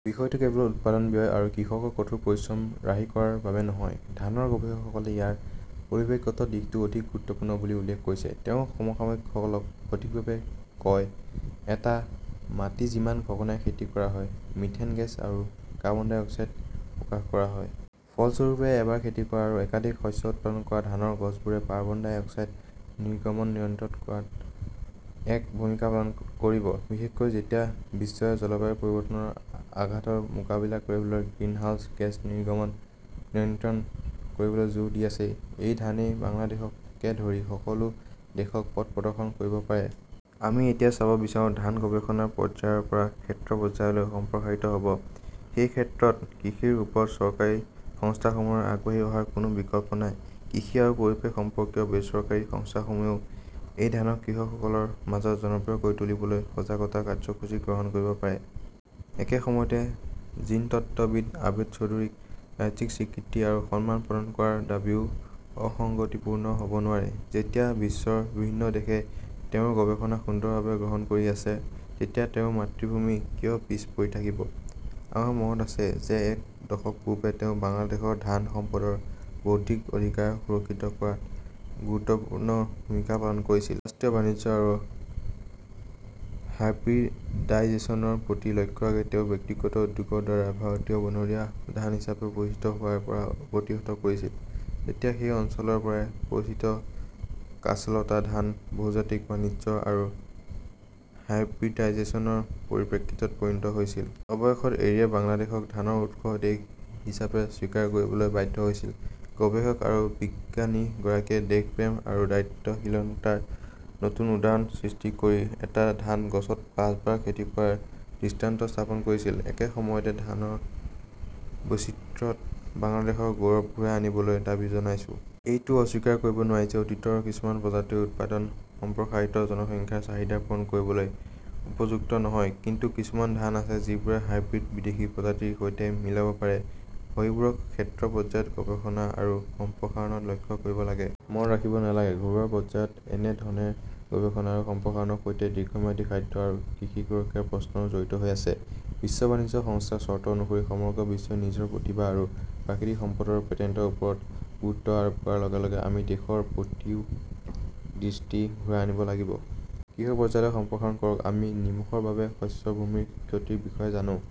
বিষয়টো কেৱল উৎপাদন ব্যয় আৰু কৃষকৰ কঠোৰ পৰিশ্ৰম ৰাহি কৰাৰ বাবে নহয়। ধানৰ গৱেষকসকলে ইয়াৰ পৰিৱেশগত দিশটো অধিক গুৰুত্বপূৰ্ণ বুলি উল্লেখ কৰিছে। তেওঁ সমসাময়িকসকলক সঠিকভাৱে কয়-এটা মাটি যিমান সঘনাই খেতি কৰা হয়, মিথেন গেছ আৰু কাৰ্বন ডাই অক্সাইড প্ৰকাশ কৰা হয়। ফলস্বৰূপে, এবাৰ খেতি কৰা আৰু একাধিক শস্য উৎপাদন কৰা ধানৰ গছবোৰে কাৰ্বন ডাই অক্সাইড নিৰ্গমন নিয়ন্ত্ৰণ কৰাত এক ভূমিকা পালন কৰিব। বিশেষকৈ যেতিয়া বিশ্বই জলবায়ু পৰিৱৰ্তনৰ আঘাতৰ মোকাবিলা কৰিবলৈ গ্ৰীণহাউছ গেছ নিৰ্গমন নিয়ন্ত্ৰণ কৰিবলৈ জোৰ দি আছে, এই ধানেই বাংলাদেশকে ধৰি সকলো দেশক পথ প্ৰদৰ্শন কৰিব পাৰে। আমি এতিয়া চাব বিচাৰো, ধান গৱেষণা পৰ্যায়ৰ পৰা ক্ষেত্ৰ পৰ্যায়লৈ সম্প্ৰসাৰিত হ 'ব। সেই ক্ষেত্ৰত কৃষিৰ ওপৰত চৰকাৰী সংস্থাসমূহৰ আগবাঢ়ি অহাৰ কোনো বিকল্প নাই। কৃষি আৰু পৰিৱেশ সম্পৰ্কীয় বেচৰকাৰী সংস্থাসমূহেও এই ধানক কৃষকসকলৰ মাজত জনপ্ৰিয় কৰি তুলিবলৈ সজাগতা কাৰ্যসূচী গ্ৰহণ কৰিব পাৰে। একে সময়তে জিনতত্ত্ববিদ আবেদ চৌধুৰীক ৰাজ্যিক স্বীকৃতি আৰু সন্মান প্ৰদান কৰাৰ দাবীও অসঙ্গতিপূৰ্ণ হ'ব নোৱাৰে। যেতিয়া বিশ্বৰ বিভিন্ন দেশে তেওঁৰ গৱেষণা সুন্দৰভাৱে গ্ৰহণ কৰি আছে, তেতিয়া তেওঁৰ মাতৃভূমি কিয় পিছ পৰি থাকিব? আমাক মনত আছে যে এক দশক পূৰ্বে তেওঁ বাংলাদেশৰ ধান সম্পদৰ বৌদ্ধিক অধিকাৰ সুৰক্ষিত কৰাত গুৰুত্বপূৰ্ণ ভূমিকা পালন কৰিছিল। ৰাষ্ট্ৰীয় বাণিজ্য আৰু হাইব্ৰিডাইজেচনৰ প্ৰতি লক্ষ্য ৰাখি, তেওঁ ব্যক্তিগত উদ্যোগৰ দ্বাৰা ভাৰতীয় বনৰীয়া ধান হিচাপে পৰিচিত হোৱাৰ পৰা প্ৰতিহত কৰিছিল, যেতিয়া সেই অঞ্চলৰ পৰাই পৰিচিত কাঁচলতা ধান বহুজাতিক বাণিজ্য আৰু হাইব্ৰিডাইজেচনৰ পৰিপ্ৰেক্ষিতত পৰিণত হৈছিল। অৱশেষত এৰিয়ে বাংলাদেশক ধানৰ উৎস দেশ হিচাপে স্বীকাৰ কৰিবলৈ বাধ্য হৈছিল। গৱেষক আৰু বিজ্ঞানীগৰাকীয়ে দেশপ্ৰেম আৰু দায়িত্বশীলতাৰ নতুন উদাহৰণ সৃষ্টি কৰি এটা ধান গছত পাঁচবাৰ খেতি কৰাৰ দৃষ্টান্ত স্থাপন কৰিছিল। একে সময়তে আমি ধানৰ বৈচিত্ৰ্যত বাংলাদেশৰ গৌৰৱ ঘূৰাই আনিবলৈ দাবী জনাইছো। এইটো অস্বীকাৰ কৰিব নোৱাৰি যে অতীতৰ কিছুমান প্ৰজাতিৰ উৎপাদন সম্প্ৰসাৰিত জনসংখ্যাৰ চাহিদা পূৰণ কৰিবলৈ উপযুক্ত নহয়। কিন্তু কিছুমান ধান আছে যিবোৰে হাইব্ৰিড বিদেশী প্ৰজাতিৰ সৈতে মিলাব পাৰে। সেইবোৰক ক্ষেত্ৰ পৰ্যায়ত গৱেষণা আৰু সম্প্ৰসাৰণত লক্ষ্য কৰিব লাগে। মনত ৰাখিব নালাগে, ঘৰুৱা পৰ্যায়ত এনে ধনেৰ গৱেষণা আৰু সম্প্ৰসাৰণৰ সৈতে দীৰ্ঘম্যাদী খাদ্য আৰু কৃষি সুৰক্ষাৰ প্ৰশ্নও জড়িত হৈ আছে। বিশ্ব বাণিজ্য সংস্থাৰ চৰ্ত অনুসৰি সমগ্ৰ বিশ্বই নিজৰ প্ৰতিভা আৰু প্ৰাকৃতিক সম্পদৰ পেটেণ্টৰ ওপৰত গুৰুত্ব আৰোপ কৰাৰ লগে লগে আমি দেশৰ প্ৰতিও দৃষ্টি ঘূৰাই আনিব লাগিব। কৃষক পৰ্যায়লৈ সম্প্ৰসাৰণ কৰক আমি নিমখৰ বাবে শস্য ভূমিৰ ক্ষতিৰ বিষয়ে জানো।